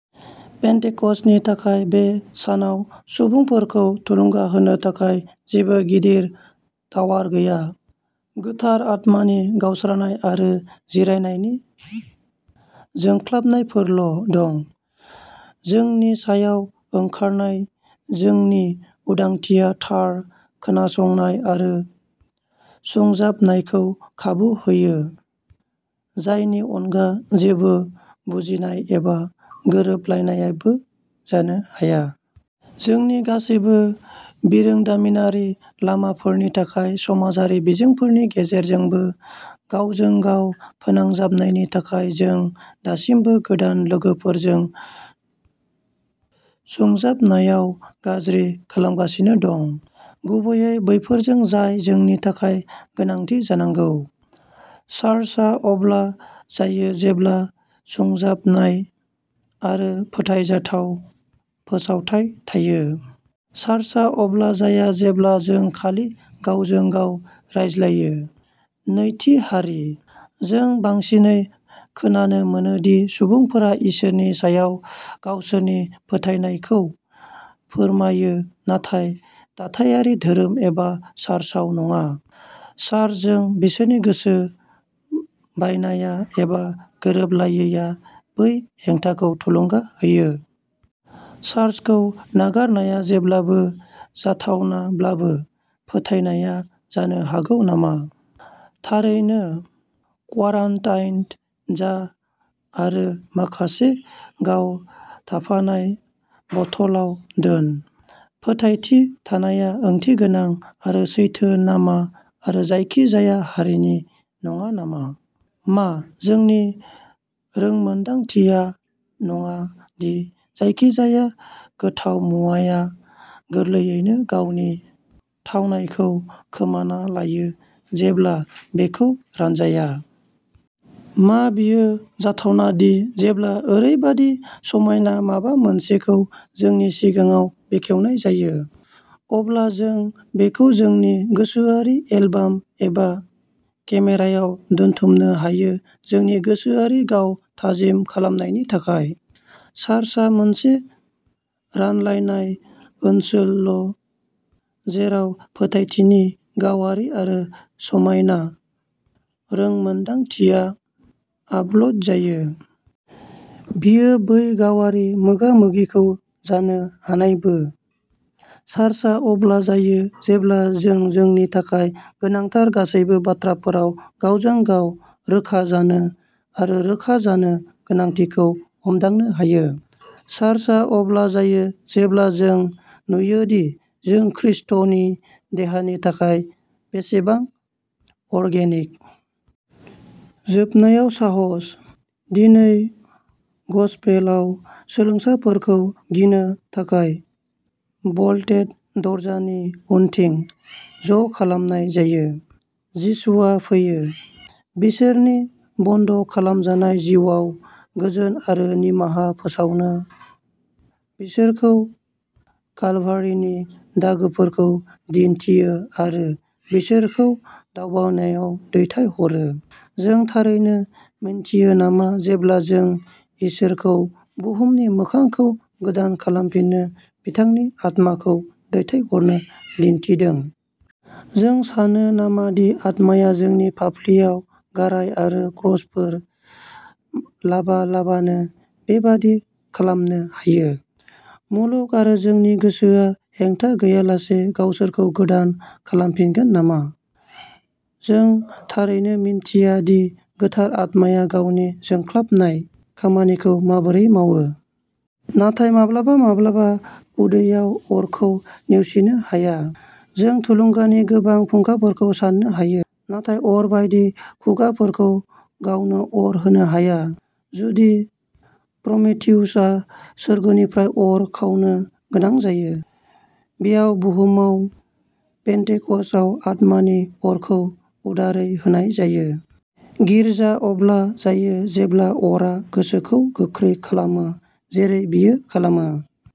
पेन्टेकस्टनि थाखाय बे सानाव सुबुंफोरखौ थुलुंगा होनो थाखाय जेबो गिदिर टावार गैया। गोथार आत्मानि गावस्रानाय आरो जिरायनायनि जोंख्लाबनायफोरल' दं। जोंनि सायाव ओंखारनाय जोंनि उदांथिया थार खोनासंनाय आरो सुंजाबनायखौ खाबु होयो। जायनि अनगा जेबो बुजिनाय एबा गोरोबलायनायबो जानो हाया। जोंनि गासैबो बिरोंदामिनारि लामाफोरनि थाखाय समाजारि बिजोंफोरनि गेजेरजोंबो गावजों गाव फोनांजाबनायनि थाखाय जों दासिमबो गोदान लोगोफोरजों सुंजाबनायाव गाज्रि खालामगासिनो दं। गुबैयै बैफोरजों जाय जोंनि थाखाय गोनांथि जानांगौ। चार्चआ अब्ला जायो जेब्ला सुंजाबनाय आरो फोथायजाथाव फोसावथाय थायो। चार्चआ अब्ला जाया जेब्ला जों खालि गावजों गाव रायज्लायो। नैथि हारि। जों बांसिनै खोनानो मोनो दि सुबुंफोरा इसोरनि सायाव गावसोरनि फोथायनायखौ फोरमायो नाथाय दाथायारि धोरोम एबा चार्चआव नङा। चार्चजों बिसोरनि गोसो बायनाया एबा गोरोबलायैया बै हेंथाखौ थुलुंगा होयो। चार्चखौ नागारनाया जेब्लाबो जाथावनाब्लाबो फोथायनाया जानो हागौ नामा? थारैनो क्वारान्टाइन जा आरो माखासे गाव थाफानाय बथलआव दोन? फोथायथि थानाया ओंथिगोनां आरो सैथो नामा आरो जायखिजाया हारिनि नङा नामा? मा जोंनि रोंमोनदांथिया नङा दि जायखिजाया गोथाव मुवाया गोरलैयैनो गावनि थावनायखौ खोमाना लायो जेब्ला बेखौ रानजाया? मा बेयो जाथावना दि जेब्ला ओरैबायदि समायना माबा मोनसेखौ जोंनि सिगाङाव बेखेवनाय जायो। अब्ला जों बेखौ जोंनि गोसोआरि एलबाम एबा केमेरायाव दोनथुमनो हायो जोंनि गोसोआरि गाव थाजिम खालामनायनि थाखाय? चार्चआ मोनसे रानलायनाय ओनसोल जेराव फोथायथिनि गावारि आरो समायना रोंमोनदांथिया आपल'ड जायो। बेयो बै गावारि मोगा-मोगिखौ जानो हानायबो। चार्चआ अब्ला जायो जेब्ला जों जोंनि थाखाय गोनांथार गासैबो बाथ्राफोराव गावजों-गाव रोखा जानो आरो रोखा जानो गोनांथिखौ हमदांनो हायो। चार्चआ अब्ला जायो जेब्ला जों नुयोदि जों खृष्टनि देहानि थाखाय बेसेबां अर्गेनिक। जोबनायाव साहस। दिनै गसपेलआव सोलोंसाफोरखौ गिनो थाखाय ब'ल्टेड दरजानि उनथिं ज'खालामनाय जायो। जिसुआ फैयो। बिसोरनि बन्द' खालामजानाय जिउआव गोजोन आरो निमाहा फोसावो बिसोरखौ कालभारिनि दागोफोरखौ दिन्थियो आरो बिसोरखौ दावबायनायाव दैथायहरो। जों थारैनो मिनथियो नामा जेब्ला जों इसोरखौ बुहुमनि मोखांखौ गोदान खालामफिननो बिथांनि आत्माखौ दैथायहरनो थिनदों? जों सानो नामा दि आत्माया जोंनि फाफ्लियाव गाराय आरो क्रसफोर लाबालाबानो बेबादि खालामनो हायो? मुलुग आरो जोंनि गोसोआ हेंथा गैयालासे गावसोरखौ गोदान खालामफिनगोन नामा? जों थारैनो मिनथिया दि गोथार आत्माया गावनि जोंख्लाबनाय खामानिखौ माबोरै मावो। नाथाय माब्लाबा माब्लाबा उदैयाव अरखौ नेवसिनो हाया। जों थुलुंगानि गोबां फुंखाफोरखौ साननो हायो। नाथाय अर बायदि खुगाफोरखौ गावनो अर होनो हाया। जुदि प्रमिथिउसआ सोरगोनिफ्राय अर खावनो गोनां जायो। बेयाव बुहुमाव पेन्टेकस्टआव आत्मानि अरखौ उदारै होनाय जायो। गिर्जा अब्ला जायो जेब्ला अरआ गोसोखौ गोख्रै खालामो जेरै बेयो खालामो।